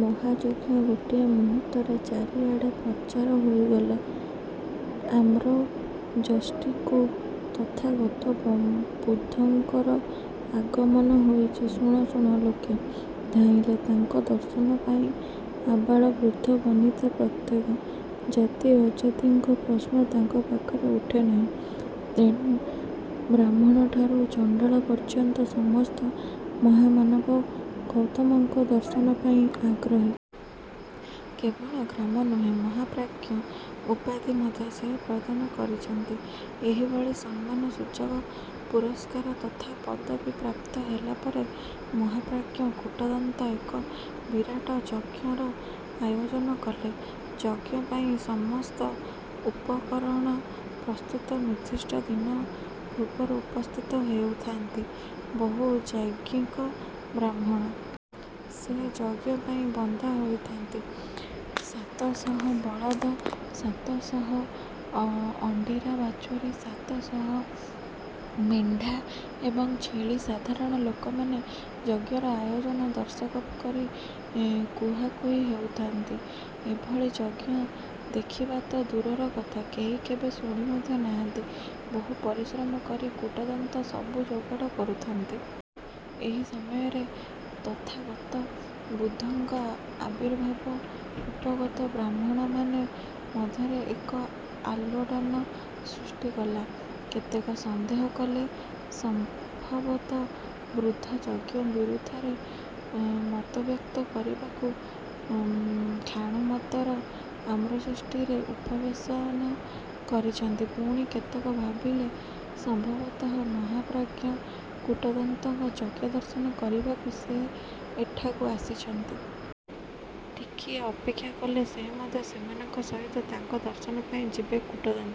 ମହାଯଜ୍ଞ ଗୋଟିଏ ମୁହୂର୍ତ୍ତରେ ଚାରିଆଡ଼େ ପ୍ରଚାର ହୋଇଗଲା, ଆମ୍ରଯଷ୍ଟିକୁ ତଥାଗତ ବଂ ବୁଦ୍ଧଙ୍କର ଆଗମନ ହୋଇଛି। ଶୁଣ ଶୁଣ ଲୋକେ ଧାଇଁଲେ ତାଙ୍କ ଦର୍ଶନପାଇଁ। ଆବାଳବୃଦ୍ଧବନିତା ପ୍ରତ୍ୟେକ। ଜାତି ଅଜାତିଙ୍କ ପ୍ରଶ୍ନ ତାଙ୍କ ପାଖରେ ଉଠେ ନାହିଁ। ତେଣୁ ବ୍ରାହ୍ମଣଠାରୁ ଚଣ୍ଡାଳ ପର୍ଯ୍ୟନ୍ତ ସମସ୍ତ ମହାମାନବ ଗୌତମଙ୍କ ଦର୍ଶନ ପାଇଁ ଆଗ୍ରହୀ। କେବଳ ଗ୍ରାମ ନୁହେଁ ମହାପ୍ରାଜ୍ଞ ଉପାଧି ମଧ୍ୟ ସେ ପ୍ରଦାନ କରିଛନ୍ତି। ଏହିଭଳି ସମ୍ମାନ ସୂଚକ ପୁରସ୍କାର ତଥା ପଦବୀ ପ୍ରାପ୍ତ ହେଲାପରେ ମହାପ୍ରାଜ୍ଞ କୂଟଦନ୍ତ ଏକ ବିରାଟ ଯଜ୍ଞର ଆୟୋଜନ କଲେ। ଯଜ୍ଞପାଇଁ ସମସ୍ତ ଉପକରଣ ପ୍ରସ୍ତୁତ। ନିର୍ଦ୍ଦିଷ୍ଟ ଦିନ ପୂର୍ବରୁ ଉପସ୍ଥିତ ହେଉଥାନ୍ତି ବହୁ ଯାଜ୍ଞିକ ବ୍ରାହ୍ମଣ। ସେ ଯଜ୍ଞପାଇଁ ବନ୍ଧା ହୋଇଥାନ୍ତି ସାତଶହ ବଳଦ, ସାତଶହ ଅ ଅଣ୍ଡିରା ବାଛୁରୀ, ସାତଶହ ମେଣ୍ଢା ଏବଂ ଛେଳି। ସାଧାରଣ ଲୋକମାନେ ଯଜ୍ଞର ଆୟୋଜନ ଦର୍ଶକ କରି ଇଁ କୁହାକୁହି ହେଉଥାନ୍ତି ଏଭଳି ଯଜ୍ଞ ଦେଖିବାତ ଦୂରର କଥା କେହି କେବେ ଶୁଣି ମଧ୍ୟ ନାହାନ୍ତି। ବହୁ ପରିଶ୍ରମ କରି କୂଟଦନ୍ତ ସବୁ ଯୋଗାଡ଼ କରୁଥାନ୍ତି। ଏହି ସମୟରେ ତଥାଗତ ବୁଦ୍ଧଙ୍କ ଆବିର୍ଭାବ ଉପଗତ ବ୍ରାହ୍ମଣମାନେ ମଧ୍ୟରେ ଏକ ଆଲୋଡ଼ନ ସୃଷ୍ଟି କଲା। କେତେକ ସନ୍ଦେହ କଲେ ସମ୍ଭବତ ବୃଦ୍ଧ ଯଜ୍ଞ ବିରୁଦ୍ଧରେ ଉଁ ମତବ୍ୟକ୍ତ କରିବାକୁ ଉଁ ଖାଣୁମତର ଆମ୍ରଯଷ୍ଟିରେ ଉପବେଶନ କରିଛନ୍ତି। ପୁଣି କେତେକ ଭାବିଲେ ସମ୍ଭବତଃ ମହାପ୍ରାଜ୍ଞ କୂଟଦନ୍ତଙ୍କ ଯଜ୍ଞ ଦର୍ଶନ କରିବାକୁ ସେ ଏଠାକୁ ଆସିଛନ୍ତି-। ଟିକିଏ ଅପେକ୍ଷା କଲେ ସେ ମଧ୍ୟ ସେମାନଙ୍କ ସହିତ ତାଙ୍କ ଦର୍ଶନ ପାଇଁ ଯିବେ। କୂଟଦନ୍ତ